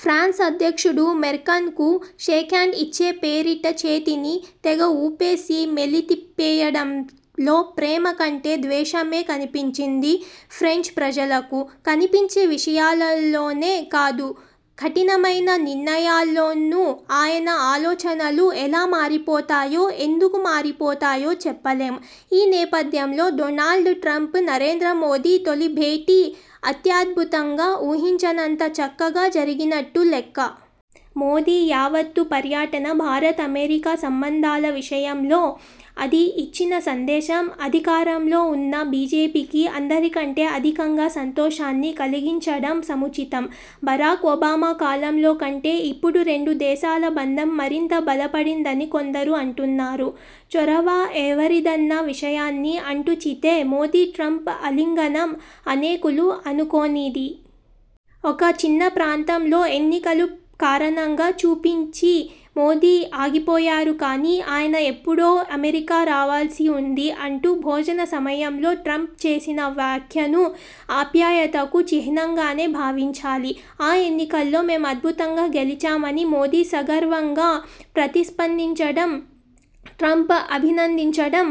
France అధ్యక్షుడు మేక్రాన్కు shake hand ఇచ్చే పేరిట చేతిని తెగఊపేసి మెలితిప్పేయడంలో ప్రేమ కంటే ద్వేషమే కనిపించింది ఫ్రెంచ్ ప్రజలకు. కనిపించే విషయాలలోనే కాదు, కఠినమైన నిర్ణయాల్లోనూ ఆయన ఆలోచనలు ఎలా మారిపోతాయో, ఎందుకు మారిపోతాయో చెప్పలేం. ఈ నేపథ్యంలో, డొనాల్డ్ ట్రంప్, నరేంద్రమోదీ తొలిభేటీ అత్యద్భుతంగా, ఊహించనంత చక్కగా జరిగినట్టు లెక్క. మోదీ యావత్తు పర్యటన, భారత్–అమెరికా సంబంధాల విషయంలో అది ఇచ్చిన సందేశం అధికారంలో ఉన్న బీజేపీకి అందరికంటే అధికంగా సంతోషాన్ని కలిగించడం సముచితం. బరాక్ ఒబామా కాలంలో కంటే ఇప్పుడు రెండు దేశాల బంధం మరింత బలపడిందని కొందరు అంటున్నారు. చొరవ ఎవరిదన్న విషయాన్ని అటుంచితే, మోదీ ట్రంప్ ఆలింగనం అనేకులు అనుకోనిది. 'ఒక చిన్నప్రాంతంలో ఎన్నికలు కారణంగా చూపించి మోదీ ఆగిపోయారు కానీ, ఆయన ఎప్పుడో అమెరికా రావాల్సి వుంది' అంటూ భోజన సమయంలో ట్రంప్ చేసిన వ్యాఖ్యను ఆప్యాయతకు చిహ్నంగానే భావించాలి. ఆ ఎన్నికల్లో మేం అద్భుతంగా గెలిచాం అని మోదీ సగర్వంగా ప్రతిస్పందించడం, ట్రంప్ అభినందించడం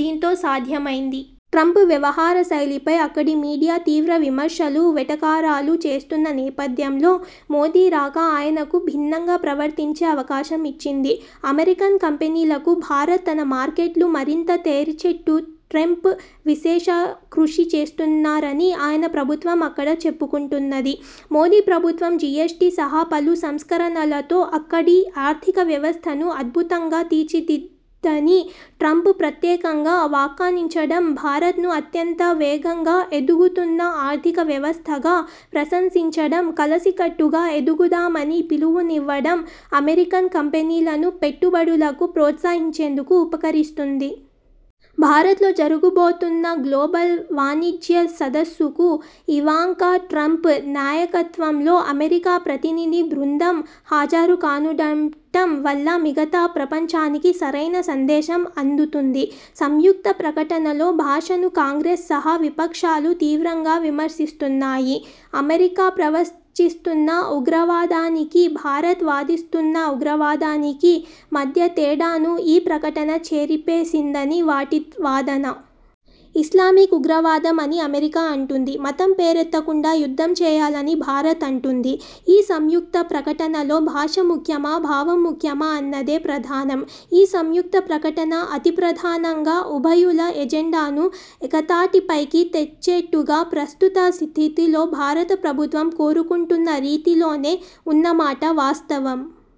దీంతో సాధ్యమైంది. ట్రంప్ వ్యవహారశైలిపై అక్కడి మీడియా తీవ్ర విమర్శలు, వెటకారాలు చేస్తున్న నేపథ్యంలో, మోదీ రాక ఆయనకు భిన్నంగా ప్రవర్తించే అవకాశం ఇచ్చింది. అమెరికన్ కంపెనీలకు భారత్ తన మార్కెట్లు మరింత తెరిచేట్టు ట్రెంప్ విశేష కృషి చేస్తున్నారని ఆయన ప్రభుత్వం అక్కడ చెప్పుకుంటున్నది. మోదీ ప్రభుత్వం జీఎస్టీ సహా పలు సంస్కరణలతో అక్కడి ఆర్థిక వ్యవస్థను అద్భుతంగా తీర్చిదిందని ట్రంప్ ప్రత్యేకంగా వక్కాణించడం, భారత్ను అత్యంత వేగంగా ఎదుగుతున్న ఆర్థికవ్యవస్థగా ప్రశంసించడం, కలసికట్టుగా ఎదుగుదామని పిలువునివ్వడం అమెరికన్ కంపెనీలను పెట్టుబడులకు ప్రోత్సహించేందుకు ఉపకరిస్తుంది. భారత్లో జరుగుబోతున్న గ్లోబల్ వాణిజ్య సదస్సుకు ఇవాంకా ట్రంప్ నాయకత్వంలో అమెరికా ప్రతినిధి బృందం హాజరుకానుండటం వల్ల మిగతా ప్రపంచానికి సరైన సందేశం అందుతుంది. సంయుక్త ప్రకటనలో భాషను కాంగ్రెస్ సహా విపక్షాలు తీవ్రంగా విమర్శిస్తున్నాయి. అమెరికా ప్రవచిస్తున్న ఉగ్రవాదానికీ, భారత్ వాదిస్తున్న ఉగ్రవాదానికీ మధ్య తేడాను ఈ ప్రకటన చెరిపేసిందని వాటి వాదన. ఇస్లామిక్ ఉగ్రవాదం అని అమెరికా అంటుంది. మతం పేరెత్తకుండా యుద్ధం చేయాలని భారత్ అంటుంది. ఈ సంయుక్త ప్రకటనలో భాష ముఖ్యమా, భావం ముఖ్యమా అన్నదే ప్రధానం. ఈ సంయుక్త ప్రకటన అతిప్రధానంగా ఉభయుల ఎజెండానూ ఏకతాటిపైకి తెచ్చేట్టుగా, ప్రస్తుత స్థితిలో భారతప్రభుత్వం కోరుకుంటున్న రీతిలోనే ఉన్నమాట వాస్తవం.